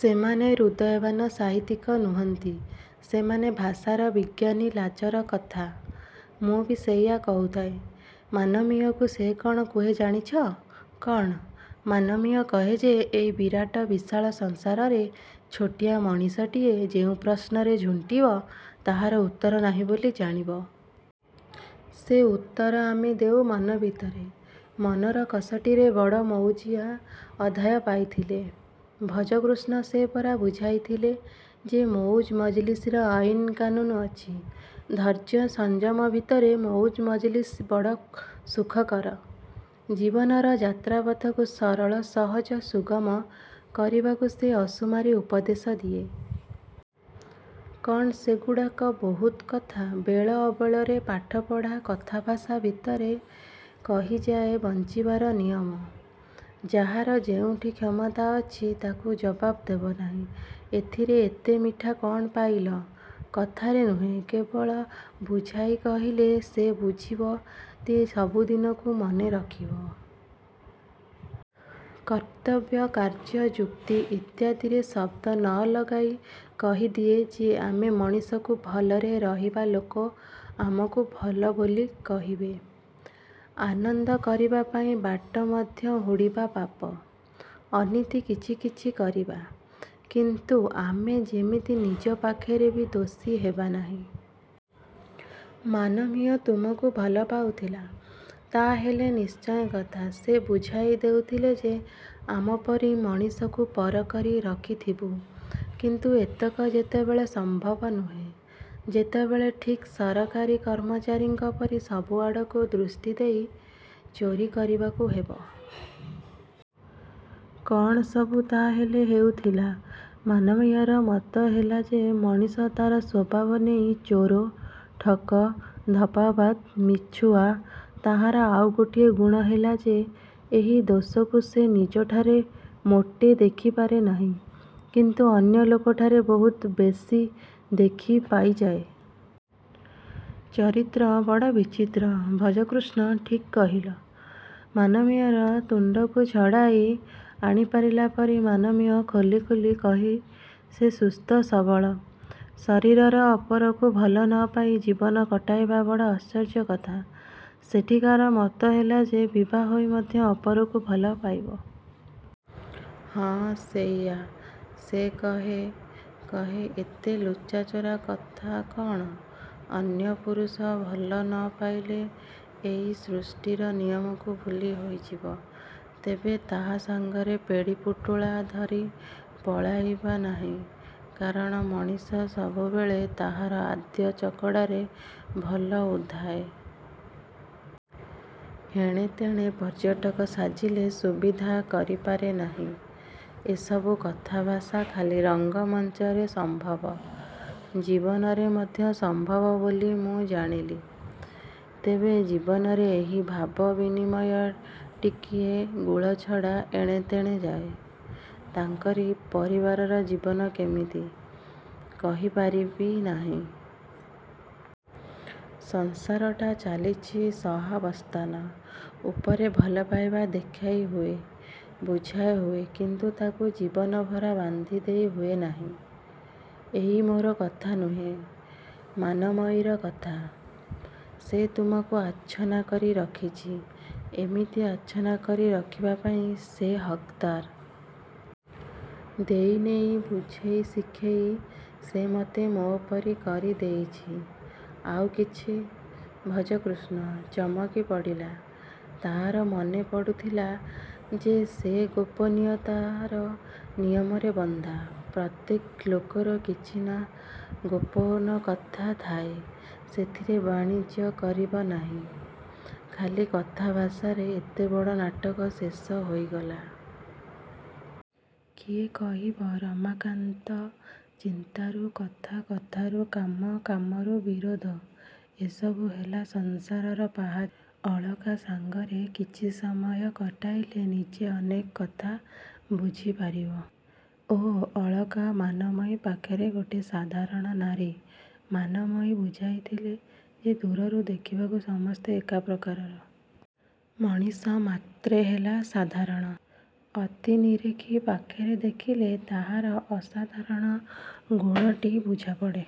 ସେମାନେ। ହୃଦୟବାନ୍ ସାହିତ୍ୟିକ ନୁହନ୍ତି। ସେମାନେ ଭାଷାର ବିଜ୍ଞାନୀ। -ଲାଜର କଥା। ମୁଁ ବି ସେଇଆ କହିଥାଏ ମାନମୟୀକୁ। ସେ କ'ଣ କୁହେ ଜାଣିଛ? -କ'ଣ? -ମାନମୟୀ କହେ ଯେ ଏଇ ବିରାଟ ବିଶାଳ ସଂସାରରେ ଛୋଟିଆ ମଣିଷଟିଏ ଯେଉଁ ପ୍ରଶ୍ନରେ ଝୁଣ୍ଟିବ ତାହାର ଉତ୍ତର ନାହିଁ ବୋଲି ଜାଣିବ। ସେ ଉତ୍ତର ଆମେ ଦେଉ ମନ ଭିତରେ-ମନର କଷଟିରେ। -ବଡ଼ ମଉଜିଆ ଅଧ୍ୟାୟ ପାଇଥିଲେ, ଭଜକୃଷ୍ଣ? -ସେ ପରା ବୁଝାଇଥିଲା ଯେ ମଉଜ ମଜଲିସର ଆଇନ କାନୁନ ଅଛି। ଧୈର୍ଯ୍ୟ ସଂଯମ ଭିତରେ ମଉଜ ମଜଲିସ ବଡ଼ ସୁଖକର। ଜୀବନର ଯାତ୍ରାପଥକୁ ସରଳ, ସହଜ, ସୁଗମ କରିବାକୁ ସେ ଅସୁମାର ଉପଦେଶ ଦିଏ। -କ'ଣ ସେଗୁଡ଼ାକ? -ବହୁତ କଥା। ବେଳ ଅବେଳରେ ପାଠପଢ଼ା, କଥାଭାଷା ଭିତରେ କହିଯାଏ ବଞ୍ଚିବାର ନିୟମ। ଯାହାର ଯେଉଁଠି କ୍ଷମତା ଅଛି ତାକୁ ଜବାବ ଦବ ନାହିଁ। -ଏଥିରେ ଏତେ ମିଠା କ'ଣ ପାଇଲ? -କଥାରେ ନୁହେଁ ଯେ କେବଳ ବୁଝାଇ କହିବାରେ। ସେ ବୁଝାଇ ଦିଏ ସବୁ ଦିନକୁ ମନେ ରଖିବାକୁ। କର୍ତ୍ତବ୍ୟ, କାର୍ଯ୍ୟ, ଯୁକ୍ତି ଇତ୍ୟାଦି ଶବ୍ଦ ନ ଲଗାଇ କହିଦିଏ ଯେ ଆମେ ମଣିଷ-ଭଲରେ ରହିବା-ଲୋକେ ଆମକୁ ଭଲ ବୋଲି କହିବେ। ଆନନ୍ଦ କରିବା ପାଇଁ ବାଟ ମଧ୍ୟ ହୁଡ଼ିବା-ପାପ, ଅନୀତି କିଛି କିଛି କରିବା-କିନ୍ତୁ ଆମେ ଯେମିତି ନିଜ ପାଖରେ ବି ଦୋଷୀ ହେବା ନାହିଁ। -ମାନମୟୀ ତୁମକୁ ଭଲ ପାଉଥିଲା ତାହା ହେଲେ? -ନିଶ୍ଚୟ କଥା। ସେ ବୁଝାଇ ଦେଉଥିଲା ଯେ ଆମେ ପର ମଣିଷକୁ ପର କରି ରଖିଥିବୁ। କିନ୍ତୁ ଏତକ ଯେତେବେଳେ ସମ୍ଭବ ନୁହେଁ ସେତେବେଳେ ଠିକ୍ ସରକାରୀ କର୍ମଚାରୀଙ୍କ ପରି ସବୁ ଆଡ଼କୁ ଦୃଷ୍ଟି ଦେଇ ଚୋରି କରିବାକୁ ହେବ। -କ'ଣ ସବୁ ତାହାହେଲେ ହେଉଥିଲା? -ମାନମୟୀର ମତ ହେଲା ଯେ ମଣିଷ ତାର ସ୍ୱଭାବ ନେଇ ଚୋର, ଠକ, ଧପ୍ପାବାଜ, ମିଛୁଆ। ତାହାର ଆଉ ଗୋଟାଏ ଗୁଣ ହେଲା ଯେ ଏହି ଦୋଷକୁ ସେ ନିଜଠାରେ ମୋଟେ ଦେଖିପାରେ ନାହିଁ; କିନ୍ତୁ ଅନ୍ୟ ଲୋକଠାରେ ବହୁତ ବେଶି ଦେଖି ପାଇଯାଏ। -ଚରିତ୍ର ବଡ଼ ବିଚିତ୍ର-ଭଜକୃଷ୍ଣ। -ଠିକ୍ କହିଲ ମାନମୟୀର ତୁଣ୍ଡକୁ ଛଡ଼ାଇ ଆଣି ପାରିଲା ପରି। ମାନମୟୀ ଖୋଲା ଖୋଲି କହେ ଯେ ସୁସ୍ଥ ସବଳ ଶରୀରରେ ଅପରକୁ ଭଲ ନ ପାଇ ଜୀବନ କଟାଇବା ବଡ଼ ଆଶ୍ଚର୍ଯ୍ୟ କଥା- -ସେଠିକାର ମତ ହେଲା ଯେ ବିଭା ହେଇ ମଧ୍ୟ ଅପରକୁ ଭଲ ପାଇବ? -ହଁ। ସେଇଆ ସେ କହେ। କହେ ଏତେ ଲୁଚାଚୋରା କଥା କ'ଣ? ଅନ୍ୟ ପୁରୁଷକୁ ଭଲ ନ ପାଇଲେ ଏଇ ସୃଷ୍ଟିର ନିୟମ ଭୁଲ୍ ହେଇଯିବ। ତେବେ ତାହା ସାଙ୍ଗରେ ପେଡ଼ିପୁଟୁଳା ଧରି ପଳାଇବା ନାହିଁ। କାରଣ ମଣିଷ ସବୁବେଳେ ତାହାର ଆଦ୍ୟ ଚକଡ଼ାରେ ଭଲ ଉଧାଏ। ଏଣେ ତେଣେ ପର୍ଯ୍ୟଟକ ସାଜିଲେ ସୁବିଧା କରିପାରେ ନାହିଁ। -ଏଇସବୁ କଥାଭାଷା ଖାଲି ରଙ୍ଗମଞ୍ଚରେ ସମ୍ଭବ। -ଜୀବନରେ ମଧ୍ୟ ସମ୍ଭବ ବୋଲି ମୁଁ ଜାଣିଲି। ତେବେ ଜୀବନରେ ଏହି ଭାବ ବିନିମୟ ଟିକିଏ ଗୁଳାଛାଡ଼ି ଏଣେତେଣେ ଯାଏ। -ତାଙ୍କର ପରିବାରର ଜୀବନ କେମିତି? -କହି ପାରିବି ନାହିଁ। ସଂସାରଟା ଚାଲିଛି ସହାବସ୍ଥାନ ଉପରେ ଭଲ ପାଇବା ଦେଖାଇ ହୁଏ, ବୁଝାଇ ହୁଏ। କିନ୍ତୁ ତା'କୁ ଜୀବନଭରା ବନ୍ଧା ଦେଇ ହୁଏ ନାହିଁ। ଏଇ ମୋର କଥା ନୁହେଁ-। ମାନମୟୀର କଥା। -ସେ ତୁମକୁ ଆଛନ୍ନ କରି ରଖିଛି। -ଏମିତି ଆଛନ୍ନ କରି ରଖିବା ପାଇଁ ସେ ହକ୍ଦାର। ଦେଇ ନେଇ ବୁଝେଇ ଶିଖେଇ ସେ ମତେ ମୋରିପରି କରି ଦେଇଛି। -ଆଉ କିଛି? ଭଜକୃଷ୍ଣ ଚମକି ପଡ଼ିଲା। ତାହାର ମନେ ପଡ଼ୁଥିଲା ଯେ ସେ ଗୋପନୀୟତାର ନିୟମରେ ବନ୍ଧା। ପ୍ରତ୍ୟେକ ଲୋକର କିଛି ଗୋପନ କଥା ଥାଏ। ସେଥିରେ ବଣିଜ କରିବା ନାହିଁ-। -ଖାଲି କଥାଭାଷାରେ ଏତେ ବଡ଼ ନାଟକ ଶେଷ ହୋଇଗଲା? -କିଏ କହିବ ରମାକାନ୍ତ? ଚିନ୍ତାରୁ କଥା-କଥାରୁ କାମ-କାମରୁ ବିରୋଧ-ଏସବୁ ହେଲା ସଂସାରର ପାହାଚ। ଅଳକା ସାଙ୍ଗରେ କିଛି ସମୟ କଟାଇଲେ ନିଜେ ଅନେକ କଥା ବୁଝି ପାରିବ। -ଓଃ, ଅଳକା ମାନମୟୀ ପାଖରେ ଗୋଟିଏ ସାଧାରଣ ନାରୀ। ମାନମୟୀ ବୁଝାଇଥିଲେ ଯେ ଦୂରରୁ ଦେଖିବାକୁ ସମସ୍ତେ ଏକା ପ୍ରକାରର। ମଣିଷ ମାତ୍ରେ ହେଲା ସାଧାରଣ। ଅତି ନିରେଖି ପାଖରେ ଦେଖିଲେ ତାହାର ଅସାଧାରଣ ଗୁଣଟି ବୁଝାପଡ଼େ।